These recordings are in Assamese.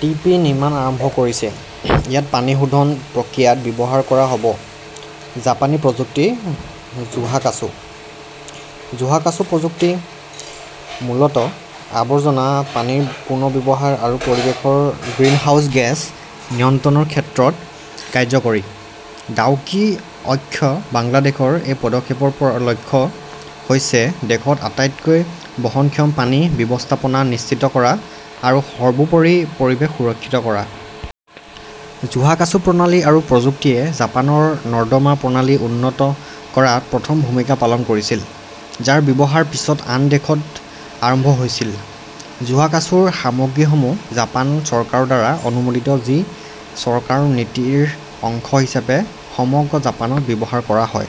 টি. পি. নিৰ্মাণ আৰম্ভ কৰিছে। ইয়াত পানী শোধন প্ৰক্ৰিয়াত ব্যৱহাৰ কৰা হ 'ব জাপানী প্ৰযুক্তি-জোহাকাচু। জোহাকাচু প্ৰযুক্তি মূলতঃ আৱৰ্জনা পানীৰ পুনৰ্ব্যৱহাৰ আৰু পৰিৱেশৰ গ্ৰিনহাউজ গেছ নিয়ন্ত্ৰণৰ ক্ষেত্ৰত কাৰ্যকৰী। ডাউকি অক্ষ বাংলাদেশৰ এই পদক্ষেপৰ লক্ষ্য হৈছে দেশত আটাইতকৈ বহনক্ষম পানী ব্যৱস্থাপনা নিশ্চিত কৰা আৰু সৰ্বোপৰি পৰিৱেশ সুৰক্ষিত কৰা। জোহাকাচু প্ৰণালী আৰু প্ৰযুক্তিয়ে জাপানৰ নৰ্দমা প্ৰণালী উন্নত কৰাত প্ৰথম ভূমিকা পালন কৰিছিল। যাৰ ব্যৱহাৰ পিছত আন দেশত আৰম্ভ হৈছিল। জোহাকাছুৰ সামগ্ৰীসমূহ জাপান চৰকাৰৰ দ্বাৰা অনুমোদিত যি চৰকাৰৰ নীতিৰ অংশ হিচাপে সমগ্ৰ জাপানত ব্যৱহাৰ কৰা হয়।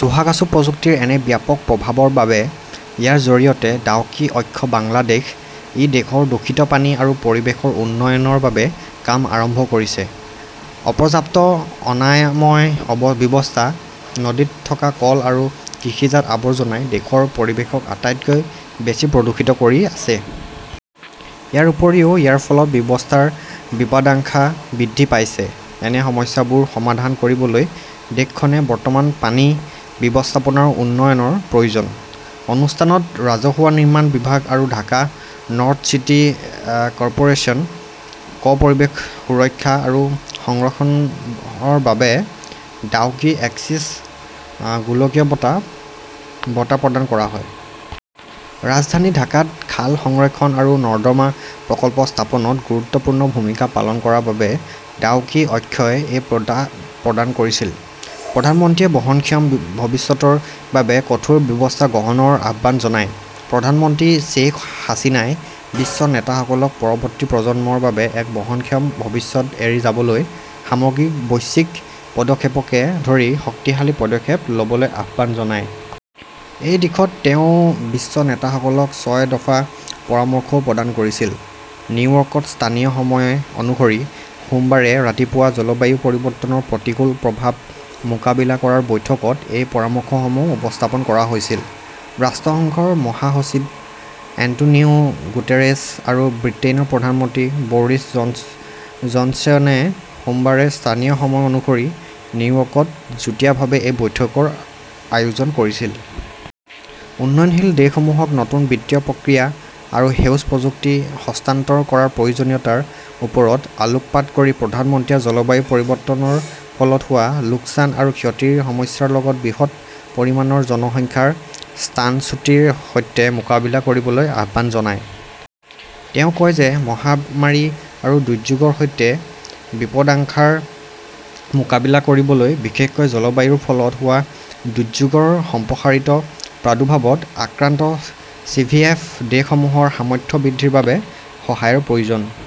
জোহাকাচু প্ৰযুক্তিৰ এনে ব্যাপক প্ৰভাৱৰ বাবে ইয়াৰ জৰিয়তে 'ডাউকি অক্ষ বাংলাদেশ' ই দেশৰ দূষিত পানী আৰু পৰিৱেশৰ উন্নয়নৰ বাবে কাম আৰম্ভ কৰিছে। অপৰ্যাপ্ত অনাময় অব ব্যৱস্থা, নদীত থকা কল আৰু কৃষিজাত আৱৰ্জনাই দেশৰ পৰিৱেশক আটাইতকৈ বেছি প্ৰদূষিত কৰি আছে। ইয়াৰ উপৰিও ইয়াৰ ফলত বিৱস্থাৰ বিপদাংশা বৃদ্ধি পাইছে। এনে সমস্যাবোৰ সমাধান কৰিবলৈ দেশখনে বৰ্তমান পানী ব্যৱস্থাপনাৰ উন্নয়নৰ প্ৰয়োজন। অনুষ্ঠানত ৰাজহুৱা নিৰ্মাণ বিভাগ আৰু ঢাকা নৰ্থ চিটি কৰ্পোৰেচন ক 'পৰিৱেশ সুৰক্ষা আৰু সংৰক্ষণৰ বাবে ডাউকি এক্সিছ অ',গোলকীয় বঁটা ' বঁটা প্ৰদান কৰা হয়। ৰাজধানী ঢাকাত খাল সংৰক্ষণ আৰু নৰ্দমা প্ৰকল্প স্থাপনত গুৰুত্বপূৰ্ণ ভূমিকা পালন কৰা বাবে ডাউকি অক্ষই এই বঁটা প্ৰদান কৰিছিল। প্ৰধানমন্ত্ৰীয়ে বহনক্ষম ভৱিষ্যতৰ বাবে কঠোৰ ব্যৱস্থা গ্ৰহণৰ আহ্বান জনায়। প্ৰধানমন্ত্ৰী শ্বেইখ হাছিনাই বিশ্ব নেতাসকলক পৰৱৰ্তী প্ৰজন্মৰ বাবে এক বহনক্ষম ভৱিষ্যত এৰি যাবলৈ 'সামগ্ৰিক বৈশ্বিক' পদক্ষেপকে ধৰি শক্তিশালী পদক্ষেপ ল'বলৈ আহ্বান জনায়। এই দিশত তেওঁ বিশ্ব নেতাসকলক ছয় দফা পৰামৰ্শও প্ৰদান কৰিছিল। নিউয়ৰ্কত স্থানীয় সময় অনুসৰি সোমবাৰে ৰাতিপুৱা জলবায়ু পৰিৱৰ্তনৰ প্ৰতিকূল প্ৰভাৱ মোকাবিলা কৰাৰ বৈঠকত এই পৰামৰ্শসমূহ উপস্থাপন কৰা হৈছিল। ৰাষ্ট্ৰসংঘৰ মহাসচিব এন্টোনিও গুটেৰেছ আৰু ব্ৰিটেইনৰ প্ৰধানমন্ত্ৰী বৰিছ জন্স জনছনে সোমবাৰে স্থানীয় সময় অনুসৰি নিউয়ৰ্কত যুটীয়াভাৱে এই বৈঠকৰ আয়োজন কৰিছিল। উন্নয়নশীল দেশসমূহক নতুন বিত্তীয় প্ৰক্ৰিয়া আৰু সেউজ প্ৰযুক্তি হস্তান্তৰ কৰাৰ প্ৰয়োজনীয়তাৰ ওপৰত আলোকপাত কৰি প্ৰধানমন্ত্ৰীয়ে জলবায়ু পৰিৱৰ্তনৰ ফলত হোৱা লোকচান আৰু ক্ষতিৰ সমস্যাৰ লগতে বৃহৎ পৰিমাণৰ জনসংখ্যাৰ স্থানচ্যুতিৰ সৈতে মোকাবিলা কৰিবলৈ আহ্বান জনায়। তেওঁ কয় যে মহামাৰী আৰু দুৰ্যোগৰ সৈতে বিপদাংশাৰ মোকাবিলা কৰিবলৈ বিশেষকৈ জলবায়ুৰ ফলত হোৱা দুৰ্যোগৰ সম্প্ৰসাৰিত প্ৰাদুৰ্ভাৱত আক্ৰান্ত চিভিএফ দেশসমূহৰ সামৰ্থ্য বৃদ্ধিৰ বাবে সহায়ৰ প্ৰয়োজন।